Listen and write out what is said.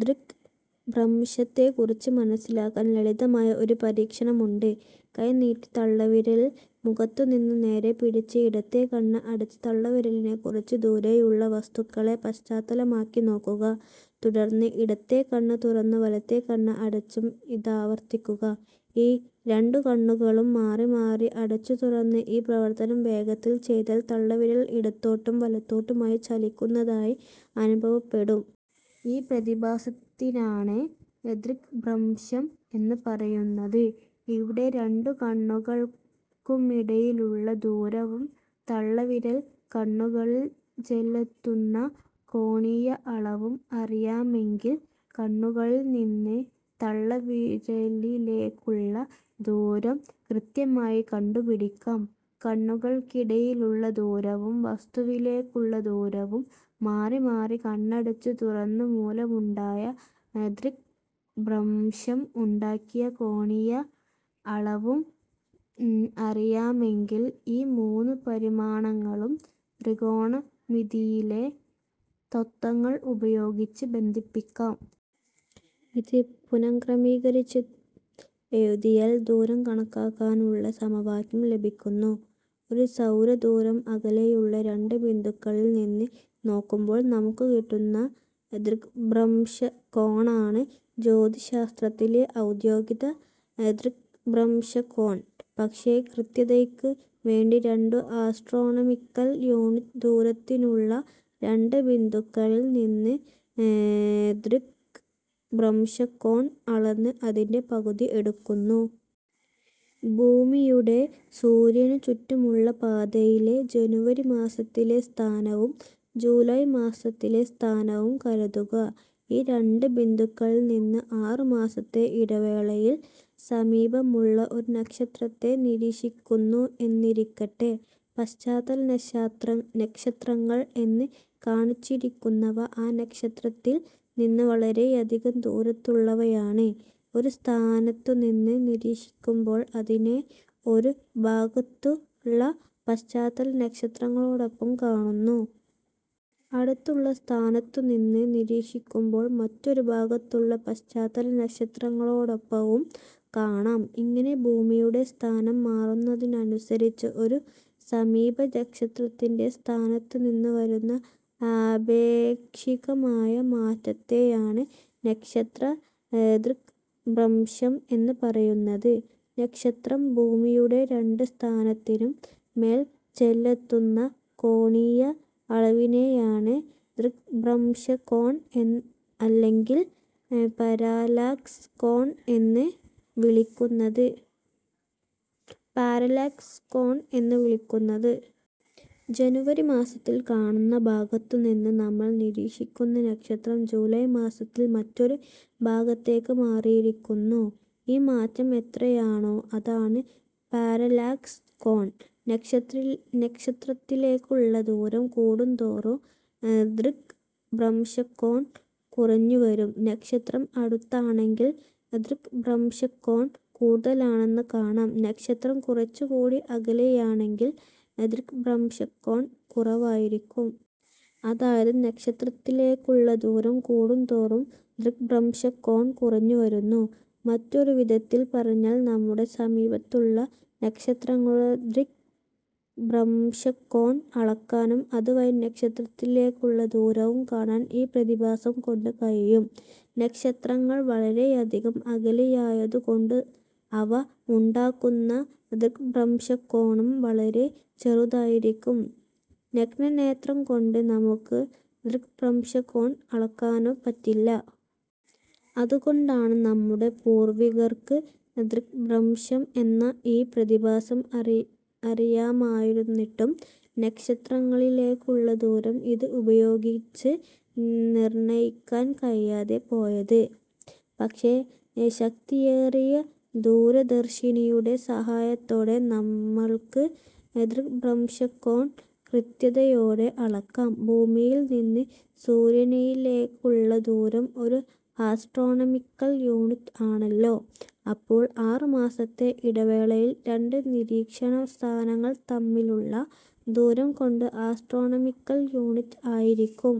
ദൃഗ്ഭ്രംശത്തെക്കുറിച്ച് മനസ്സിലാക്കാൻ ലളിതമായ ഒരു പരീക്ഷണമുണ്ട്. കൈ നീട്ടി തള്ളവിരൽ മുഖത്തിനു നേരെ പിടിച്ച് ഇടത്തേ കണ്ണ് അടച്ച് തള്ളവിരലിനെ കുറച്ചുദൂരെയുള്ള വസ്തുക്കളെ പശ്ചാത്തലമാക്കി നോക്കുക. തുടർന്ന് ഇടത്തേ കണ്ണ് തുറന്ന് വലത്തേ കണ്ണ് അടച്ചും ഇതാവർത്തിക്കുക. രണ്ടു കണ്ണുകളും മാറി മാറി അടച്ചു തുറന്ന് ഈ പ്രവർത്തനം വേഗത്തിൽ ചെയ്താൽ തള്ളവിരൽ ഇടത്തോട്ടും വലത്തോട്ടുമായി ചലിക്കുന്നതായി അനുഭവപ്പെടും. ഈ പ്രതിഭാസത്തിനാണ് ദൃഗ്ഭ്രംശം എന്ന് പറയുന്നത്. ഇവിടെ, രണ്ടു കണ്ണുകൾക്കുമിടയിലുള്ള ദൂരവും തള്ളവിരൽ കണ്ണുകളിൽ ചെല്ലുന്ന കോണീയ അളവും അറിയാമെങ്കിൽ കണ്ണുകളിൽ നിന്ന് തള്ളവിരലിലേക്കുള്ള ദൂരം കൃത്യമായി കണ്ടുപിടിക്കാം. കണ്ണുകൾക്കിടയിലുള്ള ദൂരവും, വസ്തുവിലേക്കുള്ള ദൂരവും, മാറി മാറി കണ്ണടച്ചു തുറന്നത് മൂലമുണ്ടായ ദൃഗ്ഭ്രംശം ഉണ്ടാക്കിയ കോണീയ അളവും അറിയാമെങ്കിൽ, ഈ മൂന്ന് പരിമാണങ്ങളും ത്രികോണമിതിയിലെ തത്ത്വങ്ങൾ ഉപയോഗിച്ച് ബന്ധിപ്പിക്കാം. ഇതു പുനഃക്രമീകരിച്ച് എഴുതിയ എഴുതിയൽ ദൂരം കണക്കാക്കാനുള്ള സമവാക്യം ലഭിക്കുന്നു. ഒരു സൗരദൂരം അകലെയുള്ള രണ്ട് ബിന്ദുക്കളിൽ നിന്ന് നോക്കുമ്പോൾ നമുക്ക് കിട്ടുന്ന ദൃഗ്ഭ്രംശകോണാണ് ജ്യോതിശാസ്ത്രത്തിലെ ഔദ്യോഗിക ദൃഗ്ഭ്രംശകോൺ. പക്ഷേ കൃത്യതയ്ക്ക് വേണ്ടി രണ്ട് ആസ്ട്രോണമിക്കൽ യൂണിറ്റ് ദൂരത്തുനിന്നുള്ള രണ്ട് ബിന്ദുക്കളിൽ നിന്ന് ദൃഗ്ഭ്രംശകോൺ അളന്ന് അതിൻ്റെ പകുതി എടുക്കുന്നു. ഭൂമിയുടെ സൂര്യനു ചുറ്റുമുള്ള പാതയിലെ ജനുവരി മാസത്തിലെ സ്ഥാനവും ജൂലൈ മാസത്തിലെ സ്ഥാനവും കരുതുക. ഈ രണ്ട് ബിന്ദുക്കളിൽ നിന്ന് ആറ് മാസത്തെ ഇടവേളയിൽ സമീപമുള്ള ഒരു നക്ഷത്രത്തെ നിരീക്ഷിക്കുന്നു എന്നിരിക്കട്ടെ. പശ്ചാത്തല നക്ഷത്രങ്ങൾ എന്ന് കാണിച്ചിരിക്കുന്നവ ആ നക്ഷത്രത്തിൽ നിന്ന് വളരെയധികം ദൂരത്തുള്ളവയാണ്. ഒരു സ്ഥാനത്തുനിന്ന് നിരീക്ഷിക്കുമ്പോൾ അതിനെ ഒരു ഭാഗത്തുള്ള പശ്ചാത്തല നക്ഷത്രങ്ങളോടൊപ്പം കാണുന്നു. അടുത്ത സ്ഥാനത്തുനിന്ന് നിരീക്ഷിക്കുമ്പോൾ മറ്റൊരു ഭാഗത്തുള്ള പശ്ചാത്തല നക്ഷത്രങ്ങളോടൊപ്പവും കാണാം. ഇങ്ങനെ ഭൂമിയുടെ സ്ഥാനം മാറുന്നതിനനുസരിച്ച് ഒരു സമീപ നക്ഷത്രത്തിൻ്റെ സ്ഥാനത്തിനു വരുന്ന ആപേക്ഷികമായ മാറ്റത്തെയാണ് നക്ഷത്ര ദൃഗ്ഭ്രംശം എന്ന് പറയുന്നത്. നക്ഷത്രം ഭൂമിയുടെ രണ്ട് സ്ഥാനത്തിനും മേൽ ചെലുത്തുന്ന കോണീയ അളവിനെയാണ് ദൃഗ്ഭ്രംശകോൺ അല്ലെങ്കിൽ പാരലാക്സ് കോൺ എന്ന് വിളിക്കുന്നത്. ജനുവരി മാസത്തിൽ കാണുന്ന ഭാഗത്തു നിന്ന് നമ്മൾ നിരീക്ഷിക്കുന്ന നക്ഷത്രം ജൂലൈ മാസത്തിൽ മറ്റൊരു ഭാഗത്തേക്ക് മാറിയിരിക്കുന്നു. ഈ മാറ്റം എത്രയാണോ അതാണ് പാരലാക്സ് കോൺ. നക്ഷത്രത്തിലേക്കുള്ള ദൂരം കൂടുംതോറും ദൃഗ്ഭ്രംശകോൺ കുറഞ്ഞുവരും. നക്ഷത്രം അടുത്താണെങ്കിൽ ദൃഗ്ഭ്രംശകോൺ കൂടുതലാണെന്ന് കാണാം. നക്ഷത്രം കുറച്ചുകൂടി അകലെയാണെങ്കിൽ ദൃഗ്ഭ്രംശകോൺ കുറവായിരിക്കും. അതായത് നക്ഷത്രത്തിലേക്കുള്ള ദൂരം കൂടും തോറും ദൃഗ്ഭ്രംശകോൺ കുറഞ്ഞു വരുന്നു. മറ്റൊരു വിധത്തിൽ പറഞ്ഞാൽ നമ്മുടെ സമീപത്തുള്ള നക്ഷത്രങ്ങളുടെ ദൃഗ്ഭ്രംശകോൺ അളക്കാനും അതുവഴി നക്ഷത്രത്തിലേക്കുള്ള ദൂരവും കാണാൻ ഈ പ്രതിഭാസം കൊണ്ട് കഴിയും. നക്ഷത്രങ്ങൾ വളരെയധികം അകലെയായതുകൊണ്ട് അവ ഉണ്ടാക്കുന്ന ദൃഗ്ഭ്രംശകോണും വളരെ ചെറുതായിരിക്കും. നഗ്നനേത്രം കൊണ്ട് നമുക്ക് ദൃഗ്ഭ്രംശകോൺ അളക്കാനേ പറ്റില്ല. അതുകൊണ്ടാണ് നമ്മുടെ പൂർവ്വികർക്ക് ദൃഗ്ഭ്രംശം എന്ന ഈ പ്രതിഭാസം അറിയാമായിരുന്നിട്ടും നക്ഷത്രങ്ങളിലേക്കുള്ള ദൂരം ഇത് ഉപയോഗിച്ച് നിർണ്ണയിക്കാൻ കഴിയാതെ പോയത്. പക്ഷേ ശക്തിയേറിയ ദൂരദർശിനിയുടെ സഹായത്തോടെ നമ്മൾക്ക് ദൃഗ്ഭ്രംശകോൺ കൃത്യതയോടെ അളക്കാം. ഭൂമിയിൽ നിന്ന് സൂര്യനിലേക്കുള്ള ദൂരം ഒരു ആസ്ട്രോണമിക്കൽ യൂണിറ്റ് ആണല്ലോ? അപ്പോൾ ആറ് മാസത്തെ ഇടവേളയിൽ രണ്ട് നിരീക്ഷണ സ്ഥാനങ്ങൾ തമ്മിലുള്ള ദൂരം രണ്ട് ആസ്ട്രോണമിക്കൽ യൂണിറ്റ് ആയിരിക്കും.